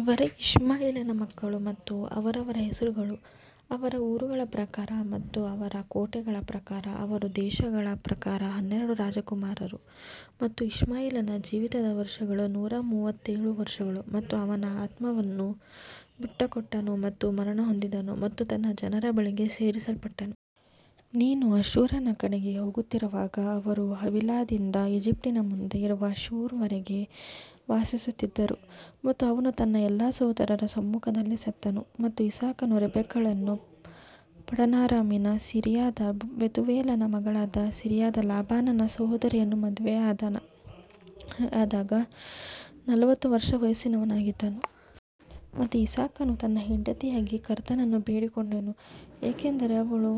ಇವರೇ ಇಷ್ಮಾಯೇಲನ ಮಕ್ಕಳು ಮತ್ತು ಅವರವರ ಹೆಸರುಗಳು ಅವರ ಊರುಗಳ ಪ್ರಕಾರ ಮತ್ತು ಅವರ ಕೋಟೆಗಳ ಪ್ರಕಾರ ಅವರ ದೇಶಗಳ ಪ್ರಕಾರ ಹನ್ನೆರಡು ರಾಜಕುಮಾರರು. ಮತ್ತು ಇಷ್ಮಾಯೇಲನ ಜೀವಿತದ ವರ್ಷಗಳು ನೂರ ಮೂವತ್ತೇಳು ವರ್ಷಗಳು ಮತ್ತು ಅವನು ಆತ್ಮವನ್ನು ಬಿಟ್ಟುಕೊಟ್ಟನು ಮತ್ತು ಮರಣಹೊಂದಿದನು ಮತ್ತು ತನ್ನ ಜನರ ಬಳಿಗೆ ಸೇರಿಸಲ್ಪಟ್ಟನು. ನೀನು ಅಶ್ಶೂರದ ಕಡೆಗೆ ಹೋಗುತ್ತಿರುವಾಗ ಅವರು ಹವೀಲಾದಿಂದ ಈಜಿಪ್ಟಿನ ಮುಂದೆ ಇರುವ ಶೂರ್ ವರೆಗೆ ವಾಸಿಸುತ್ತಿದ್ದರು ಮತ್ತು ಅವನು ತನ್ನ ಎಲ್ಲಾ ಸಹೋದರರ ಸಮ್ಮುಖದಲ್ಲಿ ಸತ್ತನು. ಮತ್ತು ಇಸಾಕನು ರೆಬೆಕ್ಕಳನ್ನು ಪಡನಾರಾಮಿನ ಸಿರಿಯಾದ ಬೆತೂವೇಲನ ಮಗಳಾದ ಸಿರಿಯಾದ ಲಾಬಾನನ ಸಹೋದರಿಯನ್ನು ಮದುವೆಯಾದಾಗ ನಲವತ್ತು ವರ್ಷ ವಯಸ್ಸಿನವನಾಗಿದ್ದನು. ಮತ್ತು ಐಸಾಕನು ತನ್ನ ಹೆಂಡತಿಗಾಗಿ ಕರ್ತನನ್ನು ಬೇಡಿಕೊಂಡನು ಏಕೆಂದರೆ ಅವಳು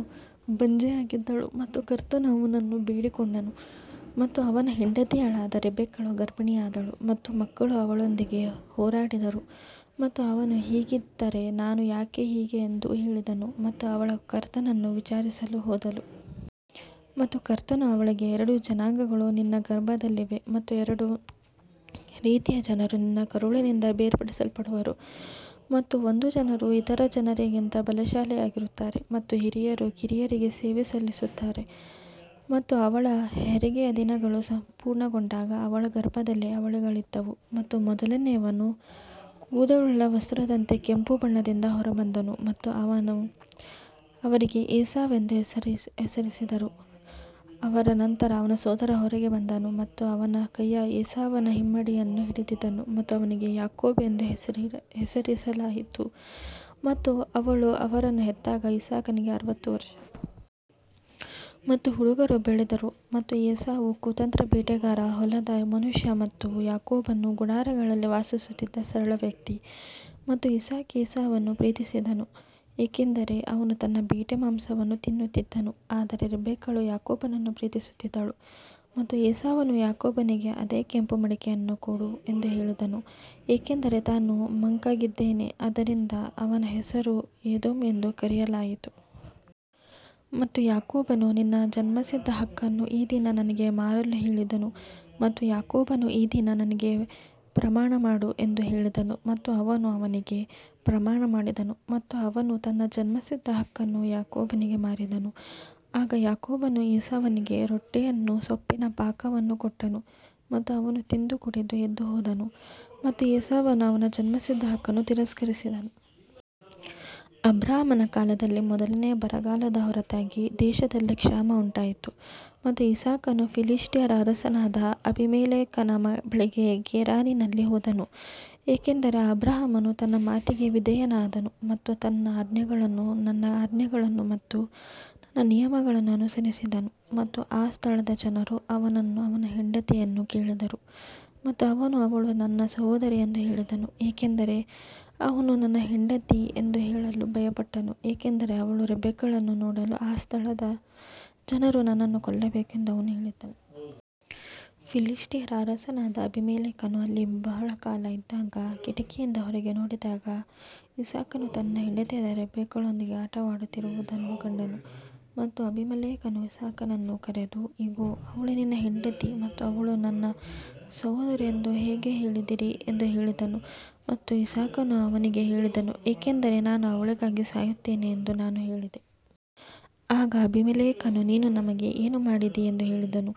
ಬಂಜೆಯಾಗಿದ್ದಳು ಮತ್ತು ಕರ್ತನು ಅವನನ್ನು ಬೇಡಿಕೊಂಡನು ಮತ್ತು ಅವನ ಹೆಂಡತಿಯಾದ ರೆಬೆಕ್ಕಳು ಗರ್ಭಿಣಿಯಾಗಿದ್ದಳು. ಮತ್ತು ಮಕ್ಕಳು ಅವಳೊಳಗೆ ಹೋರಾಡಿದರು ಮತ್ತು ಅವಳು ಹೀಗಿದ್ದರೆ ನಾನು ಯಾಕೆ ಹೀಗೆ ಎಂದು ಹೇಳಿದಳು ಮತ್ತು ಅವಳು ಕರ್ತನನ್ನು ವಿಚಾರಿಸಲು ಹೋದಳು. ಮತ್ತು ಕರ್ತನು ಅವಳಿಗೆ ಎರಡು ಜನಾಂಗಗಳು ನಿನ್ನ ಗರ್ಭದಲ್ಲಿವೆ ಮತ್ತು ಎರಡು ರೀತಿಯ ಜನರು ನಿನ್ನ ಕರುಳಿನಿಂದ ಬೇರ್ಪಡಿಸಲ್ಪಡುವರು ಮತ್ತು ಒಂದು ಜನರು ಇತರ ಜನರಿಗಿಂತ ಬಲಶಾಲಿಯಾಗುತ್ತಾರೆ ಮತ್ತು ಹಿರಿಯರು ಕಿರಿಯರಿಗೆ ಸೇವೆ ಸಲ್ಲಿಸುತ್ತಾರೆ. ಮತ್ತು ಅವಳ ಹೆರಿಗೆಯ ದಿನಗಳು ಪೂರ್ಣಗೊಂಡಾಗ ಅವಳ ಗರ್ಭದಲ್ಲಿ ಅವಳಿಗಳಿದ್ದವು ಮತ್ತು ಮೊದಲನೆಯವನು ಕೂದಲುಳ್ಳ ವಸ್ತ್ರದಂತೆ ಕೆಂಪು ಬಣ್ಣದಿಂದ ಹೊರಬಂದನು ಮತ್ತು ಅವರು ಅವನಿಗೆ ಏಸಾವ್ ಎಂದು ಹೆಸರಿಸಿದರು ಅದರ ನಂತರ ಅವನ ಸಹೋದರನು ಹೊರಗೆ ಬಂದನು ಮತ್ತು ಅವನ ಕೈಯು ಏಸಾವನ ಹಿಮ್ಮಡಿಯನ್ನು ಹಿಡಿದನು ಮತ್ತು ಅವನಿಗೆ ಯಾಕೋಬ್ ಎಂದು ಹೆಸರಿಸಲಾಯಿತು ಮತ್ತು ಅವಳು ಅವರನ್ನು ಹೆತ್ತಾಗ ಇಸಾಕನಿಗೆ ಅರವತ್ತು ವರ್ಷ. ಮತ್ತು ಹುಡುಗರು ಬೆಳೆದರು ಮತ್ತು ಏಸಾವು ಕುತಂತ್ರ ಬೇಟೆಗಾರ ಹೊಲದ ಮನುಷ್ಯ ಮತ್ತು ಯಾಕೋಬನು ಗುಡಾರಗಳಲ್ಲಿ ವಾಸಿಸುತ್ತಿದ್ದ ಸರಳ ವ್ಯಕ್ತಿ. ಮತ್ತು ಐಸಾಕ್ ಏಸಾವನ್ನು ಪ್ರೀತಿಸಿದನು ಏಕೆಂದರೆ ಅವನು ತನ್ನ ಬೇಟೆ ಮಾಂಸವನ್ನು ತಿನ್ನುತ್ತಿದ್ದನು ಆದರೆ ರೆಬೆಕ್ಕಳು ಯಾಕೋಬನನ್ನು ಪ್ರೀತಿಸುತ್ತಿದ್ದಳು ಮತ್ತು ಏಸಾವನು ಯಾಕೋಬನಿಗೆ ಅದೇ ಕೆಂಪು ಮಡಿಕೆಯನ್ನು ಕೊಡು ಎಂದು ಹೇಳಿದನು, ಏಕೆಂದರೆ ನಾನು ಮಂಕಾಗಿದ್ದೇನೆ ಆದ್ದರಿಂದ ಅವನ ಹೆಸರನ್ನು ಎದೋಮ್ ಎಂದು ಕರೆಯಲಾಯಿತು. ಮತ್ತು ಯಾಕೋಬನು ನಿನ್ನ ಜನ್ಮಸಿದ್ಧ ಹಕ್ಕನ್ನು ಈ ದಿನ ನನಗೆ ಮಾರಲು ಹೇಳಿದನು ಮತ್ತು ಯಾಕೋಬನು ಈ ದಿನ ನನಗೆ ಪ್ರಮಾಣ ಮಾಡು ಎಂದು ಹೇಳಿದನು ಮತ್ತು ಅವನು ಅವನಿಗೆ ಪ್ರಮಾಣ ಮಾಡಿದನು ಮತ್ತು ಅವನು ತನ್ನ ಜನ್ಮಸಿದ್ಧ ಹಕ್ಕನ್ನು ಯಾಕೋಬನಿಗೆ ಮಾರಿದನು. ಆಗ ಯಾಕೋಬನು ಏಸಾವನಿಗೆ ರೊಟ್ಟಿಯನ್ನೂ ಸೊಪ್ಪಿನ ಪಾಕವನ್ನೂ ಕೊಟ್ಟನು ಮತ್ತು ಅವನು ತಿಂದು ಕುಡಿದು ಎದ್ದು ಹೋದನು ಮತ್ತು ಏಸಾವನು ಅವನ ಜನ್ಮಸಿದ್ಧ ಹಕ್ಕನ್ನು ತಿರಸ್ಕರಿಸಿದನು. ಅಬ್ರಹಾಮನ ಕಾಲದಲ್ಲಿ ಮೊದಲನೆಯ ಬರಗಾಲದ ಹೊರತಾಗಿ ದೇಶದಲ್ಲಿ ಕ್ಷಾಮ ಉಂಟಾಯಿತು ಮತ್ತು ಇಸಾಕನು ಫಿಲಿಷ್ಟಿಯರ ಅರಸನಾದ ಅಬೀಮೆಲೆಕನ ಬಳಿಗೆ ಗೆರಾರಿನಲ್ಲಿ ಹೋದನು. ಏಕೆಂದರೆ ಆ ಅಬ್ರಹಾಮನು ನನ್ನ ಮಾತಿಗೆ ವಿಧೇಯನಾದನು ಮತ್ತು ನನ್ನ ಆಜ್ಞೆಗಳನ್ನು ನನ್ನ ಆಜ್ಞೆಗಳನ್ನು ಮತ್ತು ನನ್ನ ನಿಯಮಗಳನ್ನು ಅನುಸರಿಸಿದನು ಮತ್ತು ಆ ಸ್ಥಳದ ಜನರು ಅವನನ್ನು ಅವನ ಹೆಂಡತಿಯನ್ನು ಕೇಳಿದರು ಮತ್ತು ಅವನು ಅವಳು ನನ್ನ ಸಹೋದರಿ ಎಂದು ಹೇಳಿದನು ಏಕೆಂದರೆ ಅವನು ನನ್ನ ಹೆಂಡತಿ ಎಂದು ಹೇಳಲು ಭಯಪಟ್ಟನು ಏಕೆಂದರೆ ಅವನು ರೆಬೆಕ್ಕಳನ್ನು ನೋಡಲು ಆ ಸ್ಥಳದ ಜನರು ನನ್ನನ್ನು ಕೊಲ್ಲಬೇಕೆಂದು ಅವನು ಹೇಳಲಿಲ್ಲ. ಫಿಲಿಷ್ಟಿಯರ ಅರಸನಾದ ಅಬೀಮೆಲೆಕನು ಅಲ್ಲಿ ಬಹಳ ಕಾಲ ಇದ್ದಾಗ ಕಿಟಕಿಯಿಂದ ಹೊರಗೆ ನೋಡಿದಾಗ ಇಸಾಕನು ತನ್ನ ಹೆಂಡತಿಯಾದ ರೆಬೆಕ್ಕಳೊಂದಿಗೆ ಆಟವಾಡುತ್ತಿರುವುದನ್ನು ಕಂಡನು. ಮತ್ತು ಅಬೀಮೆಲೆಕನು ಇಸಾಕನನ್ನು ಕರೆದು, ಇಗೋ, ಅವಳು ನಿನ್ನ ಹೆಂಡತಿ ಮತ್ತು ಅವಳು ನನ್ನ ಸಹೋದರಿ ಎಂದು ಹೇಗೆ ಹೇಳಿದಿರಿ ಎಂದು ಹೇಳಿದನು ಮತ್ತು ಇಸಾಕನು ಅವನಿಗೆ ಹೇಳಿದನು ಏಕೆಂದರೆ ನಾನು ಅವಳಿಗಾಗಿ ಸಾಯುತ್ತೇನೆ ಎಂದು ನಾನು ಹೇಳಿದೆ. ಆಗ ಅಬೀಮೆಲೆಕನು, ನೀನು ನಮಗೆ ಏನು ಮಾಡಿದಿ ಎಂದು ಹೇಳಿದನು,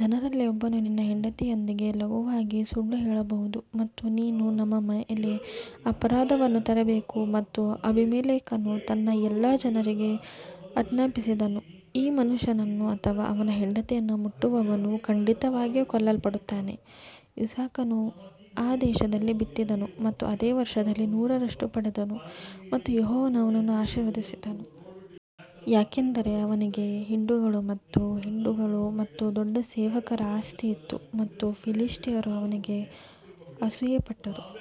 ಜನರಲ್ಲಿ ಒಬ್ಬನು ನಿನ್ನ ಹೆಂಡತಿಯೊಂದಿಗೆ ಲಘುವಾಗಿ ಸುಳ್ಳು ಹೇಳಬಹುದು ಮತ್ತು ನೀನು ನಮ್ಮ ಮೇಲೆ ಅಪರಾಧವನ್ನು ತರಬೇಕು. ಮತ್ತು ಅಬೀಮೆಲೆಕನು ತನ್ನ ಎಲ್ಲಾ ಜನರಿಗೆ ಆಜ್ಞಾಪಿಸಿದನು, ಈ ಮನುಷ್ಯನನ್ನು ಅಥವಾ ಅವನ ಹೆಂಡತಿಯನ್ನು ಮುಟ್ಟುವವನು ಖಂಡಿತವಾಗಿಯೂ ಕೊಲ್ಲಲ್ಪಡುತ್ತಾನೆ ಇಸಾಕನು ಆ ದೇಶದಲ್ಲಿ ಬಿತ್ತಿದನು ಮತ್ತು ಅದೇ ವರ್ಷದಲ್ಲಿ ನೂರರಷ್ಟು ಪಡೆದನು ಮತ್ತು ಯೆಹೋವನು ಅವನನ್ನು ಆಶೀರ್ವದಿಸಿದನು. ಯಾಕಂದರೆ ಅವನಿಗೆ ಹಿಂಡುಗಳು ಮತ್ತು ಹಿಂಡುಗಳು ಮತ್ತು ದೊಡ್ಡ ಸೇವಕರ ಆಸ್ತಿ ಇತ್ತು ಮತ್ತು ಫಿಲಿಷ್ಟಿಯರು ಅವನಿಗೆ ಅಸೂಯೆಪಟ್ಟರು.